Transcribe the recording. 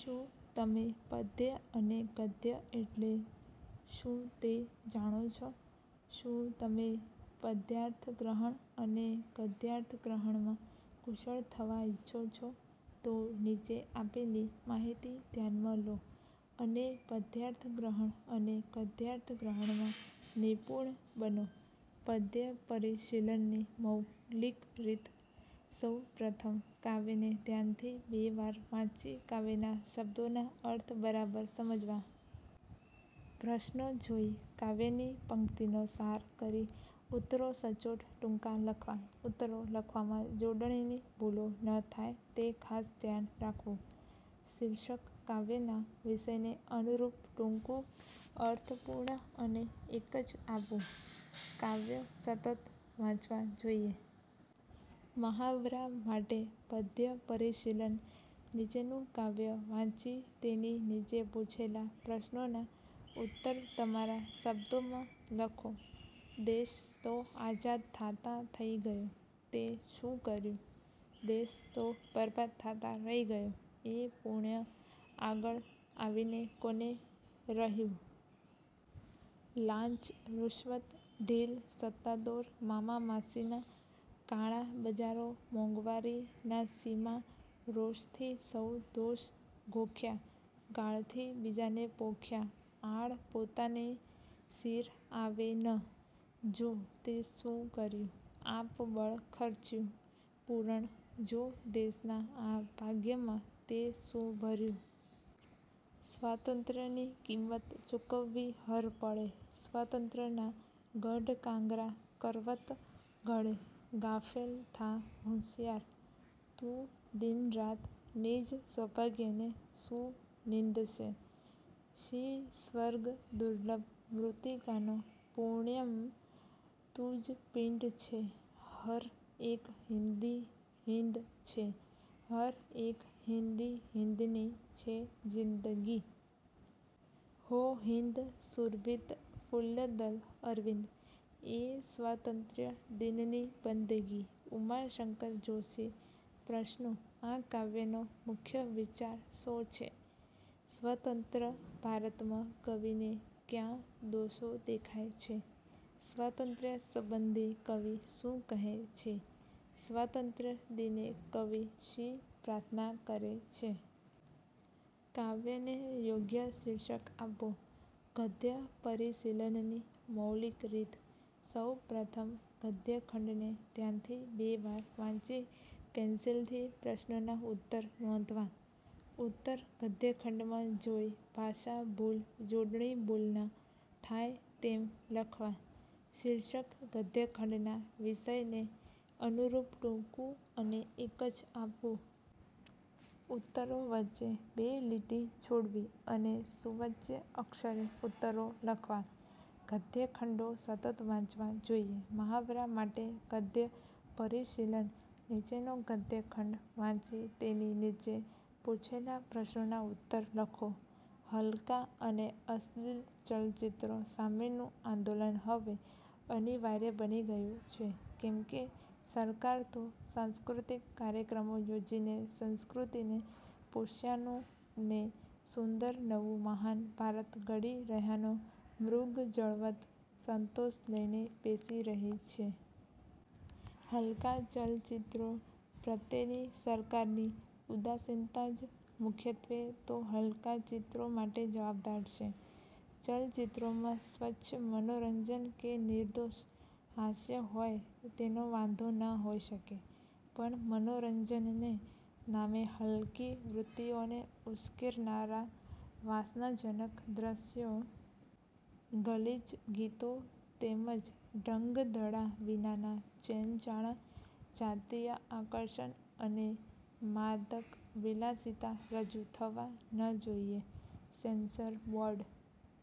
શું તમે પદ્ય અને ગદ્ય એટલે શુંં તે જાણો છો? શું તમે પદ્યાર્થગ્રહણ અને ગદ્યાર્થગ્રહણમાં કુશળ થવા ઇચ્છો છો. તો નીચે આપેલી માહિતી ધ્યાનમાં લો અને પદ્યાર્થગ્રહણ અને ગદ્યાર્થગ્રહણમાં નિપુણ બનો. પદ્ય પરિશીલનની મૌલિક રીત: સૌ પ્રથમ કાવ્યને ધ્યાનથી બે વાર વાંચી કાવ્યના શબ્દોના અર્થ બરાબર સમજવા. પ્રશ્નો જોઈ કાવ્યની પંક્તિનો સાર કરી ઉત્તરો સચોટ, ટૂંકા લખવા. ઉત્તરો લખવામાં જોડણીની ભૂલો ન થાય તે ખાસ ધ્યાન રાખવું. શીર્ષક કાવ્યના વિષયને અનુરૂપ ટૂંકું, અર્થપૂર્ણ અને એક જ આપવું. કાવ્યો સતત વાંચવા જોઈએ. મહાવરા માટે પદ્યપરિશીલન: નીચેનું કાવ્ય વાંચી તેની નીચે પૂછેલા પ્રશ્નોના ઉત્તર તમારા શબ્દોમાં લખો. દેશ તો આઝાદ થાતાં થઈ ગયો, તેં શું કર્યું? દેશ તો બરબાદ થાતાં રહી ગયો, એ પુણ્ય આગળ આવીને કોને રહ્યું? લાંચરુશ્વત, ઢીલ, સત્તાદોર, મામામાસીના, કાળા બજારો, મોંઘવારી; ના સીમા! રોષથી સૌ દોષ ગોખ્યાં, ગાળથી બીજાને પોખ્યાં. આળ પોતાનેય શિર આવે ન, જો! તે શું કર્યું? આપબળ ખચ્યુઁ પૂરણ? જો, દેશના આ ભાગ્યમાં તેં શું ભર્યું? સ્વાતંત્ર્યની કિંમત ચૂકવવી હર પળે; સ્વાતંત્ર્યના ગઢકાંગરા: કરવત ગળે. ગાફેલ, થા હુશિયાર! તું દિનરાત નિજ સૌભાગ્યને શું નિંદશે? શી સ્વર્ગદુર્લભ મૃતિકાનો પુણ્યમય તુજ પિંડ છે! હર એક હિંદી હિંદ છે. હર એક હિંદી હિંદની છે જિંદગી. હો હિંદ સુરભિત ફુલ્લદલ અરવિંદ: એ સ્વાતંત્ર્ય દિનની બંદગી. ઉમાશંકર જોષી પ્રશ્નો: આ કાવ્યનો મુખ્ય વિચાર શો છે? સ્વતંત્ર ભારતમાં કવિને ક્યા દોષો દેખાય છે? સ્વાતંત્ર્ય સંબંધી કવિ શું કહે છે? સ્વાતંત્ર્ય દિને કવિ શી પ્રાર્થના કરે છે? કાવ્યને યોગ્ય શીર્ષક આપો. ગદ્ય પરિશીલનની મૌલિક રીત: સૌ પ્રથમ ગદ્યખંડને ધ્યાનથી બે વાર વાંચી પેન્સિલથી પ્રશ્નોના ઉત્તર નોંધવા. ઉત્તર ગદ્યખંડમાં જોઈ ભાષા ભૂલ, જોડણી ભૂલ ના થાય તેમ લખવા. શીર્ષક ગદ્યખંડના વિષયને અનુરૂપ ટૂંકું અને એક જ આપવું. ઉત્તરો વચ્ચે બે લીટી છોડવી અને સુવાચ્ય અક્ષરે ઉત્તરો લખવા. ગદ્યખંડો સતત વાંચવા જોઈએ. મહાવરા માટે ગદ્યપરિશીલન: નીચેનો ગદ્યખંડ વાંચી તેની નીચે પૂછેલા પ્રશ્નોના ઉત્તર લખો. હલકાં અને અશ્લિલ ચલચિત્રો સામેનું આંદોલન હવે અનિવાર્ય બની ગયું છે, કેમ કે સરકાર તો સાંસ્કૃતિક કાર્યક્રમો યોજીને સંસ્કૃતિને પોષ્યાનો ને સુંદર નવું મહાન ભારત ઘડી રહ્યાનો મૃગજળવત્ સંતોષ લઈને બેસી રહી છે. હલકાં ચલચિત્રો પ્રત્યેની સરકારની ઉદાસીનતા જ મુખ્યત્વે તો હલકાં ચિત્રો માટે જવાબદાર છે. ચલચિત્રોમાં સ્વચ્છ મનોરંજન કે નિર્દોષ હાસ્ય હોય તેનો વાંધો ન હોઈ શકે, પણ મનોરંજનને નામે હલકી વૃત્તિઓને ઉશ્કેરનારા વાસનાજનક દ્રશ્યો, ગલીચ ગીતો તેમ જ ઢંગધડા વિનાના ચેનવાળા, જાતીય આકર્ષણ અને માદક વિલાસિતા રજૂ થવાં ન જોઈએ, સેન્સર બોર્ડ